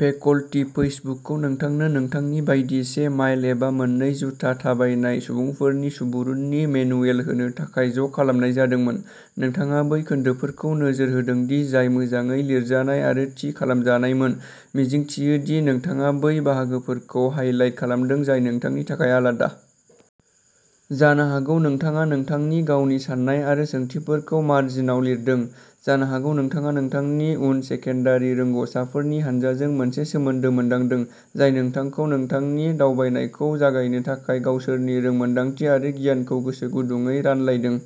Faculty पैचबुकखौ नोंथांनो नोंथांनि बायदि से माइल एबा मोननै जुथा थाबायनाय सुबुंफोरनि सुबुरुननि मेनुएल होनो थाखाय ज'खालामनाय जादोंमोन। नोंथाङा बै खोन्दोफोरखौ नोजोर होदोंदि जाय मोजाङै लिरजानाय आरो थि खालामजानायमोन, मिजिंथियो दि नोंथाङा बै बाहागोफोरखौ हाइलाइट खालामदों जाय नोंथांनि थाखाय आलादा। जानो हागौ नोंथाङा नोंथांनि गावनि साननाय आरो सोंथिफोरजों 'मार्जिनआव लिरदों'। जानो हागौ नोंथाङा नोंथांनि उन सेकेन्डारि रोंग'सारफोरनि हान्जाजों मोनसे सोमोन्दो मोनदांदों, जाय नोंथांखौ नोंथांनि दावबायनायखौ जागायनो थाखाय गावसोरनि रोंमोनदांथि आरो गियानखौ गोसोगुदुंयै रानलायदों।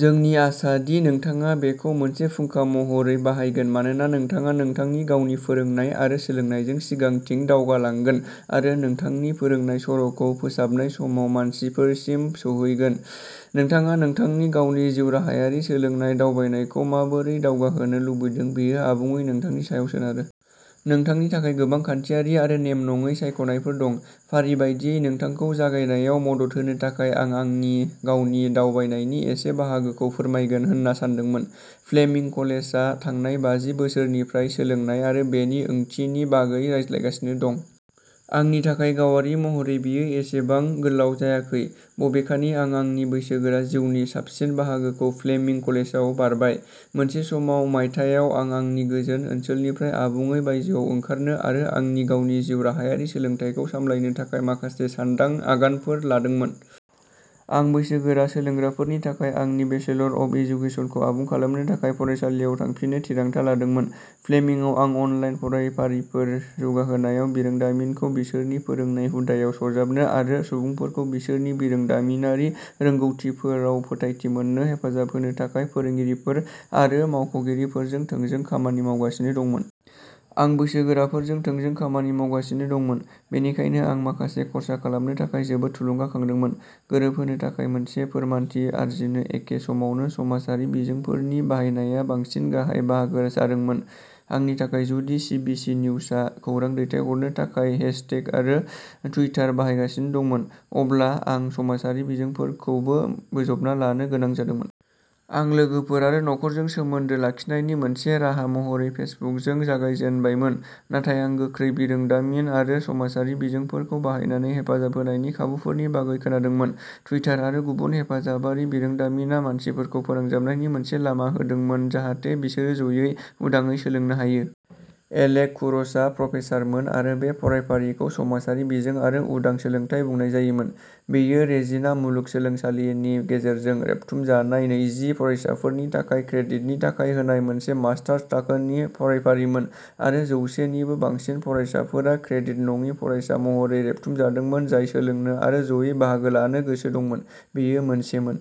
जोंनि आसा दि नोंथाङा बेखौ मोनसे फुंखा महरै बाहायगोन मानोना नोंथाङा नोंथांनि गावनि फोरोंनाय आरो सोलोंनायजों सिगांथिं दावगालांगोन आरो नोंथांनि फोरोंनाय सर'खौ फोसाबनाय समाव मानसिफोरसिम सौहैगोन। नोंथाङा नोंथांनि गावनि जिउराहायारि सोलोंनाय दावबायनायखौ माबोरै दावगाहोनो लुबैदों बेयो आबुङै नोंथांनि सायाव सोनारो। नोंथांनि थाखाय गोबां खान्थियारि आरो नेम नङै सायख'नायफोर दं। फारि बायदियै नोंथांखौ जागायनायाव मदद होनो थाखाय आं आंनि गावनि दावबायनायनि एसे बाहागोखौ फोरमायगोन होनना सानदोंमोन। फ्लेमिंग कलेजआ थांनाय बाजि बोसोरफोरनिफ्राय सोलोंनाय आरो बेनि ओंथिनि बागै रायज्लायगासिनो दं। आंनि थाखाय गावारि महरै बेयो एसेबां गोलाव जायाखै, बबेखानि आं आंनि बैसोगोरा जिउनि साबसिन बाहागोखौ फ्लेमिंग कलेजाव बारबाय। मोनसे समाव मायथाइयाव आं आंनि गोजोन ओनसोलनिफ्राय आबुङै बायजोआव ओंखारनो आरो आंनि गावनि जिउ राहायारि सोलोंथाइखौ सामलायनो थाखाय माखासे सान्दां आगानफोर लादोंमोन। आं बैसोगोरा सोलोंग्राफोरनि थाखाय आंनि बेचलर अफ एजुकेसनखौ आबुं खालामनो थाखाय फरायसालियाव थांफिननो थिरांथा लादोंमोन। फ्लेमिंगआव आं अनलाइन फरायफारिफोर जौगाहोनायाव बिरोंदामिनखौ बिसोरनि फोरोंनाय हुदाआव सरजाबनो आरो सुबुंफोरखौ बिसोरनि बिरोंदामिनारि रोंग'थिफोराव फोथायथि मोननो हेफाजाब होनो थाखाय फोरोंगिरिफोर आरो मावख'गिरिफोरजों थोंजों खामानि मावगासिनो दंमोन। आं बैसोगोराफोरजों थोंजों खामानि मावगासिनो दंमोन, बेनिखायनो आं माखासे खर्सा खालामनो थाखाय जोबोद थुलुंगाखांदोंमोन। गोरोबहोनो थाखाय मोनसे फोरमानथि आरजिनो एखे समावनो समाजारि बिजोंफोरनि बाहायनाया बांसिन गाहाय बाहागो जादोंमोन। आंनि थाखाय जुदि सिबिसि निउसआ खौरां दैथायहरनो थाखाय हैशटेग आरो टुइटार बाहायगासिनो दंमोन, अब्ला आं समाजारि बिजोंफोरखौबो बोजबना लानो गोनां जादोंमोन। आं लोगोफोर आरो नखरजों सोमोन्दो लाखिनायनि मोनसे राहा महरै फेसबुकजों जागायजेनबायमोन, नाथाय आं गोख्रै बिरोंदामिन आरो समाजारि बिजोंफोरखौ बाहायनानै हेफाजाब होनायनि खाबुफोरनि बागै खोनादोंमोन। टुइटार आरो गुबुन हेफाजाबारि बिरोंदामिनआ मानसिफोरखौ फोनांजाबनायनि मोनसे लामा होदोंमोन जाहाथे बिसोरो जयै, उदाङै सोलोंनो हायो। एलेक कुर'सआ प्रफेसारमोन आरो बे फरायफारिखौ समाजारि बिजों आरो उदां सोलोंथाय बुंनाय जायोमोन । बेयो रेजिना मुलुगसोलोंसालिनि गेजेरजों रेबथुमजानाय नैजि फरायसाफोरनि थाखाय क्रेडिटनि थाखाय होनाय मोनसे मास्टार्स थाखोनि फरायफारिमोन आरो जौसे निबो बांसिन फरायसाफोरा क्रेडिट नङि फरायसा महरै रेबथुमजादोंमोन जाय सोलोंनो आरो ज'यै बाहागो लानो गोसो दंमोन। बेयो मोनसेमोन।